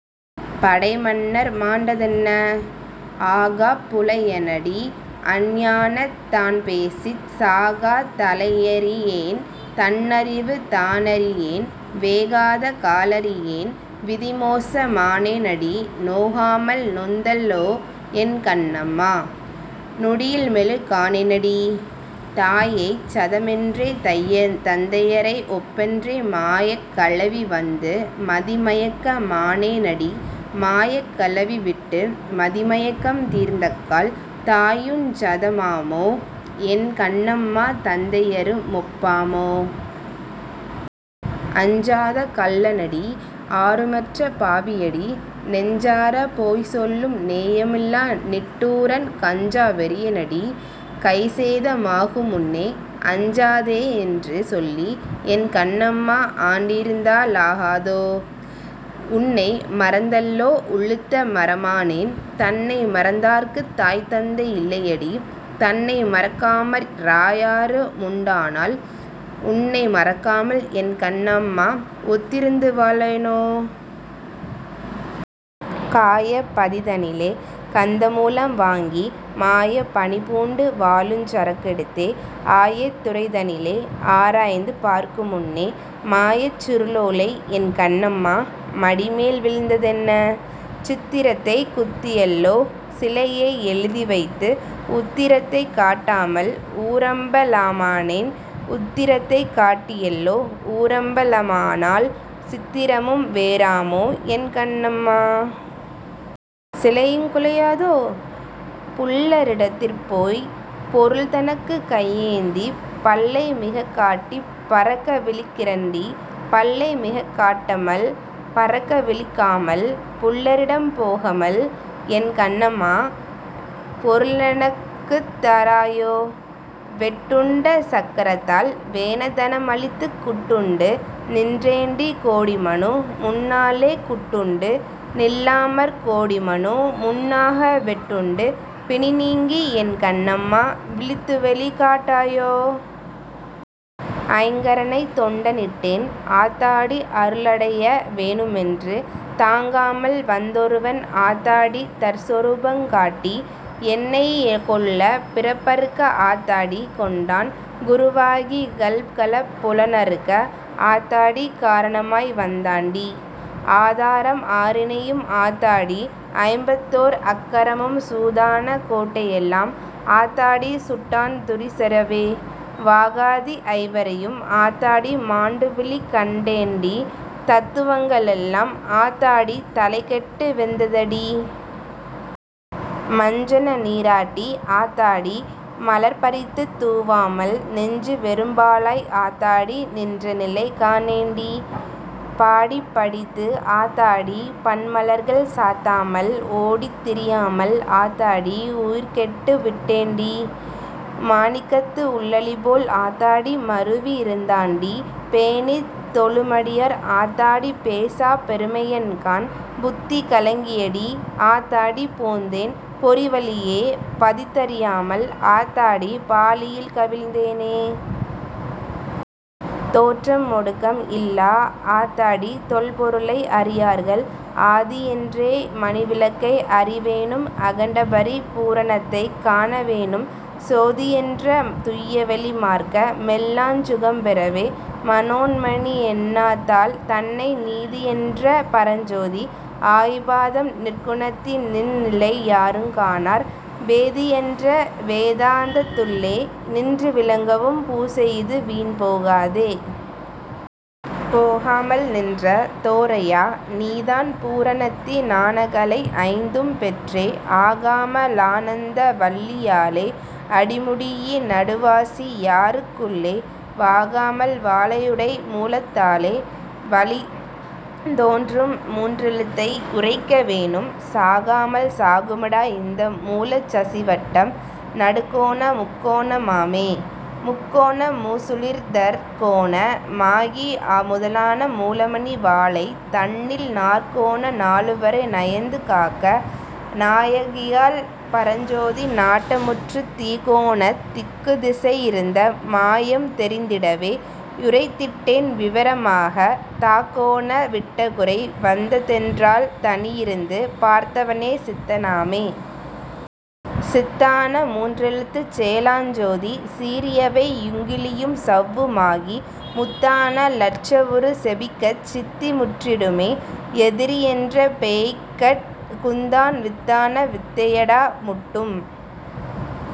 படைமன்னர் மாண்டதென்ன? ஆகாப் புலையனடி அஞ்ஞானந் தான்பேசிச் சாகாத் தலையறியேன் தன்னறிவு தானறியேன் வேகாத காலறியேன் விதிமோச மானேனடி நோகாமல் நொந்தல்லோ என் கண்ணம்மா! நொடியில்மெழு கானேனடி! தாயைச் சதமென்றே தந்தையரை ஒப்பென்றே மாயக் கலவிவந்து மதிமயக்க மானேனடி மாயக் கலவிவிட்டு மதிமயக்கம் தீர்ந்தக்கால் தாயுஞ் சதமாமோ என் கண்னம்மா தந்தையரு மொப்பாமோ? அஞ்சாத கள்ளனடி ஆருமற்ற பாவியடி நெஞ்சாரப் போய்சொல்லும் நேயமில்லா நிட்டூரன் கஞ்சா வெறியனடி கைசேத மாகுமுன்னே அஞ்சாதே யென்றுசொல்லி என் கண்ணம்மா ஆண்டிருந்தா லாகாதோ! உன்னை மறந்தல்லோ உளுத்த மரமானேன் தன்னை மறந்தார்க்குத் தாய்தந்தை யில்லையடி தன்னை மறக்காமற் றாயாரு முண்டானால் உன்னை மறக்காமல் என் கண்னம்மா ஒத்திருந்து வாழேனோ? காயப் பதிதனிலே கந்தமூலம் வாங்கி மாயப் பணிபூண்டு வாழுஞ் சரக்கெடுத்தே ஆயத் துறைதனிலே ஆராய்ந்து பார்க்குமுன்னே மாயச் சுருளோலை என் கண்ணம்மா மடிமேல் விழுந்ததென்ன? சித்திரத்தை குத்தியல்லோ சிலையை எழுதிவைத்து உத்திரத்தைக் காட்டாமல் ஊரம்ப லமானேன் உத்திரத்தைக் காட்டியல்லோ ஊரம்ப லமானால் சித்திரமும் வேறாமோ என் கண்னம்மா! சிலையுங் குலையாதோ! புல்ல ரிடத்திற்போய்ப் பொருள்தனக்குக் கையேந்திப் பல்லை மிகக்காட்டிப் பரக்க விழிக்கிறண்டி பல்லை மிகக்காட்டமல் பரக்க விழிக்காமல் புல்லரிடம் போகமல் என் கண்ணம்மா பொருளெனக்குத் தாராயோ? வெட்டுண்ட சக்கரத்தால் வேண தனமளித்துக் குட்டுண்டு நின்றேண்டி கோடிமனு முன்னாலே குட்டுண்டு நில்லாமற் கோடிமனு முன்னாக வெட்டுண்டு பிணிநீங்கி என் கண்ணம்மா விழித்துவெளி காட்டாயோ! ஐங்கரனைத் தொண்ட னிட்டேன் ஆத்தாடி அருளடைய வேணுமென்று தாங்காமல் வந்தொருவன் ஆத்தாடி தற்சொரூபங் காட்டி யென்னை கொள்ள பிறப்பறுக்க ஆத்தாடி கொண்டான் குருவாகி கள்களப் புலனறுக்க ஆத்தாடி காரணமாய் வந்தாண்டி. ஆதாரம் ஆறினையும் ஆத்தாடி ஐம்பத்தோர் அக்கரமும் சூதான கோட்டையெல்லாம் ஆத்தாடி சுட்டான் துரிசறவே. வாகாதி ஐவரையும் ஆத்தாடி மாண்டுவிழக் கண்டேண்டி தத்துவங்க ளெல்லாம் ஆத்தாடி தலைகெட்டு வெந்ததடி. மஞ்சன நீராட்டி ஆத்தாடி மலர்பறித்துத் தூவாமல் நெஞ்சு வெறும்பாழாய் ஆத்தாடி நின்றநிலை காணேண்டி. பாடிப் படித்து ஆத்தாடி பன்மலர்கள் சாத்தாமல் ஓடித் திரியாமல் ஆத்தாடி உருக்கெட்டு விட்டேண்டி. மாணிக்கத்து உள்ளளிபோல் ஆத்தாடி மருவி யிருந்தாண்டி பேணித் தொழுமடியார் ஆத்தாடி பேசாப் பெருமையன் காண். புத்தி கலங்கியடி ஆத்தாடி போந்தேன் பொரிவழியே பதித்தறியாமல் ஆத்தாடி பாழியில் கவிழ்ந்தேனே. தோற்றம் மொடுக்கம் இல்லா ஆத்தாடி தொல் பொருளை அறியார்கள்... ஆதியென்ற மணிவிளக்கை அறி வேணும் அகண்டபரி பூரணத்தைக் காண வேணும் சோதியென்ற துய்யவெளி மார்க்க மெல்லாஞ் சுகம்பெறவெ மனோன்மணி யென்னாத்தாள் தன்னை நீதியென்ற பரஞ்சோதி ஆயி பாதம் நிற்குணத்தி னின்றநிலை யாருங் காணார் வேதியென்ற வேதாந்தத் துள்ளே நின்று விளங்கவும் பூசையிது வீண் போகாதே. போகாமல் நின்ற தோரையா நீதான் பூரணத்தி னானகலை ஐந்தும் பெற்றே ஆகாம லானந்த வல்லி யாலே அடிமுடியி னடுவாசி யாறுக் குள்ளே வாகாமல் வாலையுடை மூலத் தாலே வழிதோன்றும் மூன்றெழுத்தை யுரைக்க வேணும் சாகாமல் சாகுமடா இந்த மூலஞ் சசிவட்டம் நடுக்கோண முக்கோண மாமே. முக்கோண மூசுழிதற் கோண மாகி முதலான மூலமணி வாலை தன்னில் நாற்கோண நாலுவரை நயந்து காக்க நாயகியாள் பரஞ்சோதி நாட்ட முற்றுத் தீக்கோணத் திக்குதிசை யிருந்த மாயம் தெரிந்திடவே யுரைத்திட்டேன் விவர மாக தாக்கோண விட்டகுறை வந்த தென்றால் தனியிருந்து பார்த்தவனே சித்த னாமே. சித்தான மூன்றெழுத்துச் செயலாஞ் சோதி சீரியவை யுங்கிலியும் சவ்வு மாகி முத்தான லட்சவுரு செபிக்கச் சித்தி முற்றிடுமே யெதிரியென்ற பேய்கட் குந்தான் வித்தான வித்தையடா முட்டும்